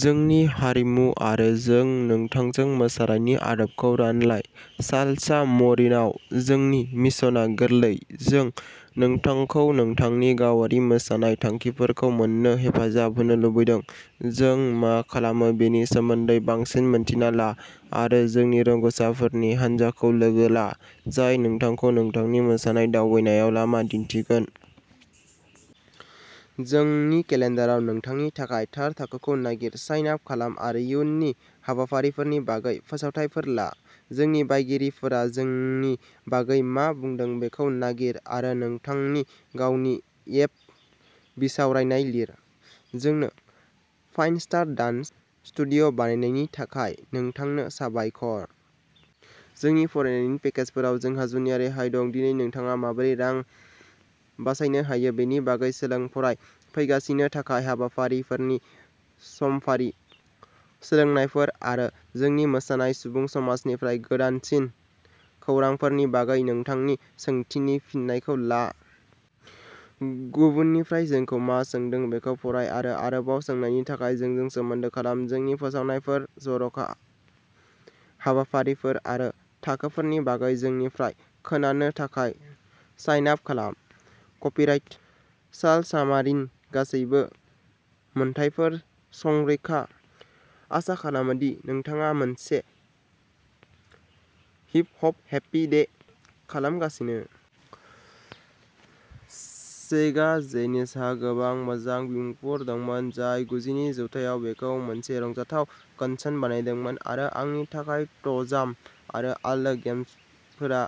जोंनि हारिमु आरो जों नोंथांजों मोसानायनि आदबखौ रानलाय! सालसा मारिनआव, जोंनि मिशनआ गोरलै, जों नोंथांखौ नोंथांनि गावारि मोसानाय थांखिफोरखौ मोन्नो हेफाजाब होनो लुबैदों। जों मा खालामो बेनि सोमोन्दै बांसिन मिन्थिना ला आरो जोंनि रोंग'सारफोरनि हान्जाखौ लोगो ला, जाय नोंथांखौ नोंथांनि मोसानाय दावबायनायाव लामा दिन्थिगोन! जोंनि केलेन्डाराव नोंथांनि थाखाय थार थाखोखौ नागिर। साइन आप खालाम आरो इयुननि हाबाफारिफोरनि बागै फोसावथायफोर ला। जोंनि बायगिरिफोरा जोंनि बागै मा बुंदों बेखौ नागिर आरो नोंथांनि गावनि येल्प बिसावरायनाय लिर। जोंनो फाइभ स्टार डान्स स्टुडिय' बानायनायनि थाखाय नोंथांनो साबायखर! जोंनि फरायनायनि पेकेजफोराव जोंहा जुनिया रेहाय दं! दिनै नोंथाङा माबोरै रां बासायनो हायो बेनि बागै सोलों! फराय! फैगासिनो थानाय हाबाफारिफोर, समफारि सोलायनायफोर आरो जोंनि मोसानाय सुबुं समाजनिफ्राय गोदानसिन खौरांफोरनि बागै। नोंथांनि सोंथिनि फिनायखौ ला! गुबुननिफ्राय जोंखौ मा सोंदों बेखौ फराय आरो आरोबाव सोंनायनि थाखाय जोंजों सोमोन्दो खालाम! जोंनि फोसावनायफोर, जर'खा हाबाफारिफोर आरो थाखोफोरनि बागै जोंनिफ्राय खोनानो थाखाय साइन आप खालाम। कपिराइट सालसामारिन गासैबो मोनथायफोर संरैखा। आसा खालामो दि नोंथाङा मोनसे हिप हप हेपि डे खालामगासिनो! सेगा जेनेसिसहा गोबां मोजां बिमुंफोर दंमोन जाय गुजिनि जिथायाव बेखौ मोनसे रंजाथाव कनसोल बानायदोंमोन, आरो आंनि थाखाय ट'जाम आरो आर्ल गेम्सफोरा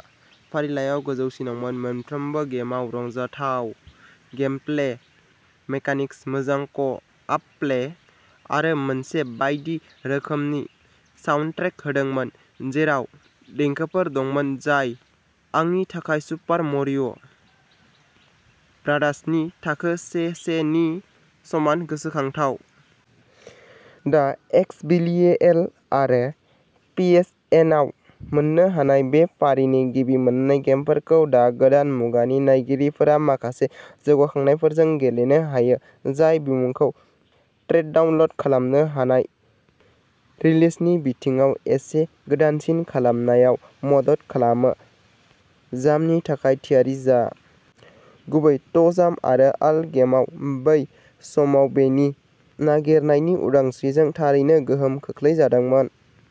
फारिलाइयाव गोजौसिनावमोन। मोनफ्रोमबो गेमआ रंजाथाव गेमप्ले मेकानिक्स, मोजां क' अप प्ले, आरो मोनसे बायदि रोखोमनि साउन्डट्रेक होदोंमोन जेराव देंखोफोर दंमोन जाय आंनि थाखाय सुपार मारिय' ब्रादार्सनि थाखो से-से नि समान गोसोखांथाव। दा एक्सबीएलए आरो पीएसएनआव मोननो हानाय, बे फारिनि गिबि मोन्नै गेमफोरखौ दा गोदान मुगानि नायगिरिफोरा माखासे जौगानायफोरजों गेलेनो हायो जाय बिमुंखौ रेट्र'डाउनल'ड खालामनो हानाय रिलिजनि बिथिङाव एसे गोदानसिन खालामनायाव मदद खालामो। जामनि थाखाय थियारि जा! गुबै ट'जाम आरो आर्ल गेमआ बै समाव बेनि नागिरनायनि उदांस्रिजों थारैनो गोहोम खोख्लैजादोंमोन।